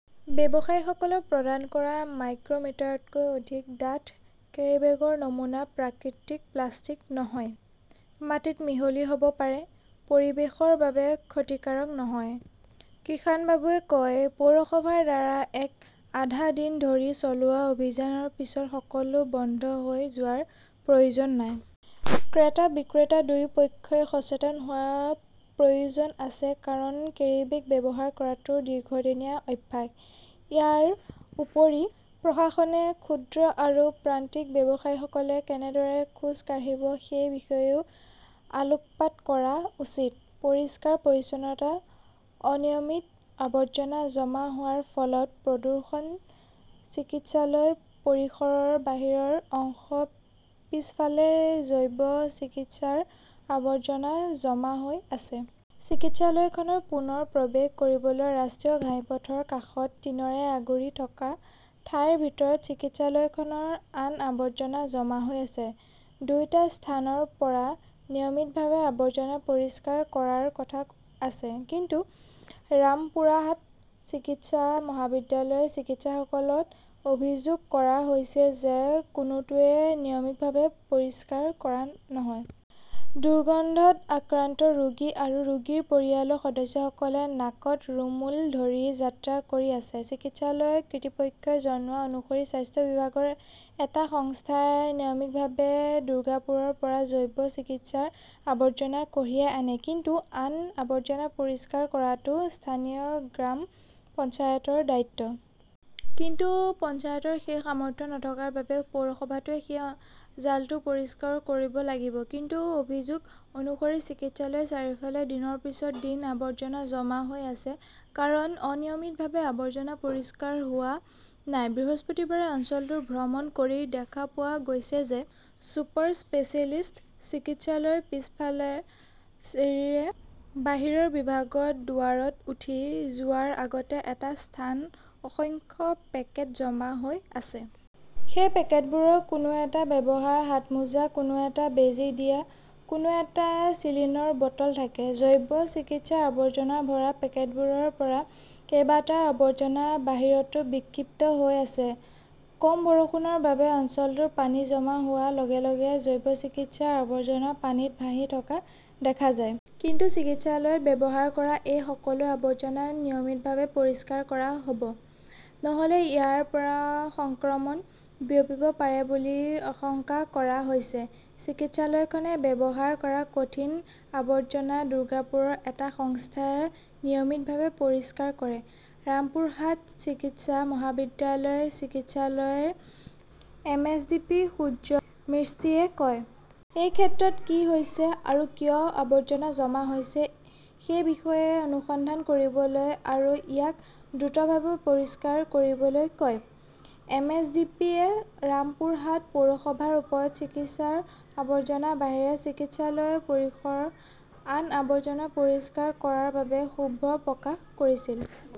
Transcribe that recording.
ব্যৱসায়ীসকলক প্ৰদান কৰা মাইক্ৰ মিটাৰতকৈ অধিক ডাঠ কেৰীবেগৰ নমুনা প্ৰাকৃতিক প্লাষ্টিক নহয়। মাটিত মিহলি হব পাৰে। পৰিৱেশৰ বাবে ক্ষতিকাৰক নহয়। কিষাণবাবুৱে কয়, পৌৰসভাৰ দ্বাৰা এক-আধা দিন ধৰি চলোৱা অভিযানৰ পিছত সকলো বন্ধ হৈ যোৱাৰ প্ৰয়োজন নাই। ক্ৰেতা-বিক্ৰেতা দুয়ো পক্ষই সচেতন হোৱাৰ প্ৰয়োজন আছে। কাৰণ, কেৰীবেগ ব্যৱহাৰ কৰাটো দীৰ্ঘদিনীয়া অভ্যাস। ইয়াৰ উপৰিও, প্ৰশাসনে ক্ষুদ্ৰ আৰু প্ৰান্তিক ব্যৱসায়ীসকলে কেনেদৰে খোজ কাঢ়িব সেই বিষয়েও আলোকপাত কৰা উচিত। পৰিষ্কাৰ-পৰিচ্ছন্নতা অনিয়মিত, আৱৰ্জনা জমা হোৱাৰ ফলত প্ৰদূষণ চিকিৎসালয় পৰিসৰৰ বাহিৰৰ অংশৰ পিছফালে জৈৱ চিকিৎসাৰ আৱৰ্জনা জমা হৈ আছে। চিকিৎসালয়খনৰ পুনৰ প্ৰৱেশ কৰিবলৈ ৰাষ্ট্ৰীয় ঘাইপথৰ কাষত টিনৰে আগুৰি থকা ঠাইৰ ভিতৰত চিকিৎসালয়খনৰ আন আৱৰ্জনা জমা হৈ আছে। দুয়োটা স্থানৰ পৰা নিয়মিতভাৱে আৱৰ্জনা পৰিষ্কাৰ কৰাৰ কথা আছে। কিন্তু ৰামপুৰহাট চিকিৎসা মহাবিদ্যালয় চিকিৎসালয়ত অভিযোগ কৰা হৈছে যে কোনোটোৱেই নিয়মীয়াভাৱে পৰিষ্কাৰ কৰা নহয়। দুৰ্গন্ধত আক্ৰান্ত ৰোগী আৰু ৰোগীৰ পৰিয়ালৰ সদস্যসকলে নাকত ৰুমুল ধৰি যাত্ৰা কৰি আছে। চিকিৎসালয়ৰ কিৰ্তৃপক্ষই জনোৱা অনুসৰি স্বাস্থ্য বিভাগৰ এটা সংস্থাই নিয়মিতভাৱে দুৰ্গাপুৰৰ পৰা জৈৱ চিকিৎসাৰ আৱৰ্জনা কঢ়িয়াই আনে। কিন্তু আন আৱৰ্জনা পৰিষ্কাৰ কৰাটো স্থানীয় গ্ৰাম পঞ্চায়তৰ দায়িত্ব। কিন্তু পঞ্চায়তৰ সেই সামৰ্থ্য নথকাৰ বাবে পৌৰসভাটোৱে সেই জালটো পৰিষ্কাৰ কৰিব লাগিব কিন্তু অভিযোগ অনুসৰি চিকিৎসালয়ৰ চাৰিওফালে দিনৰ পিছত দিন আৱৰ্জনা জমা হৈ আছে কাৰণ অনিয়মিতভাৱে আৱৰ্জনা পৰিষ্কাৰ কৰা হোৱা নাই। বৃহস্পতিবাৰে অঞ্চলটো ভ্ৰমণ কৰি দেখা পোৱা গৈছিল যে ছুপাৰ স্পেচিয়েলিটি চিকিৎসালয়ৰ পিছফালৰ চিৰিৰে বাহিৰৰ বিভাগৰ দুৱাৰত উঠি যোৱাৰ আগতে এটা স্থানত অসংখ্য পেকেট জমা হৈ আছে। সেই পেকেটবোৰৰ কোনো এটাত ব্যৱহৃত হাতমোজা, কোনো এটাত বেজী দিয়া, কোনো এটাত চিলিনৰ বটল থাকে। জৈৱ চিকিৎসাৰ আৱৰ্জনাৰে ভৰা পেকেটবোৰৰ পৰা কেইবাটাও আৱৰ্জনা বাহিৰতো বিক্ষিপ্ত হৈ আছে। কম বৰষুণৰ বাবে অঞ্চলটোত পানী জমা হোৱাৰ লগে-লগে জৈৱ চিকিৎসাৰ আৱৰ্জনা পানীত ভাহি থকা দেখা যায়। কিন্তু চিকিৎসালয়ত ব্যৱহাৰ কৰা এই সকলো আৱৰ্জনা নিয়মিতভাৱে পৰিষ্কাৰ কৰা হ'ব। নহ'লে ইয়াৰ পৰা সংক্ৰমণ বিয়পিব পাৰে বুলি আশংকা কৰা হৈছে। চিকিৎসালয়খনে ব্যৱহাৰ কৰা কঠিন আৱৰ্জনা দুৰ্গাপুৰৰ এটা সংস্থাই নিয়মীয়াভাৱে পৰিষ্কাৰ কৰে, ৰামপুৰহাট চিকিৎসা মহাবিদ্যালয় চিকিৎসালয়ৰ এমএছভিপি সুজয় মিস্ত্ৰীয়ে কয়। এই ক্ষেত্ৰত কি হৈছে, আৰু কিয় আৱৰ্জনা জমা হৈছে সেই বিষয়ে অনুসন্ধান কৰিবলৈ আৰু ইয়াক দ্ৰুতভাৱে পৰিষ্কাৰ কৰিবলৈ কয়। এম. এছ. ভি. পি. য়ে ৰামপুৰহাট পৌৰসভাৰ ওপৰত চিকিৎসাৰ আৱৰ্জনাৰ বাহিৰে চিকিৎসালয়ৰ পৰিসৰৰ আন আৱৰ্জনা পৰিষ্কাৰ কৰাৰ বাবে ক্ষোভ প্ৰকাশ কৰিছিল।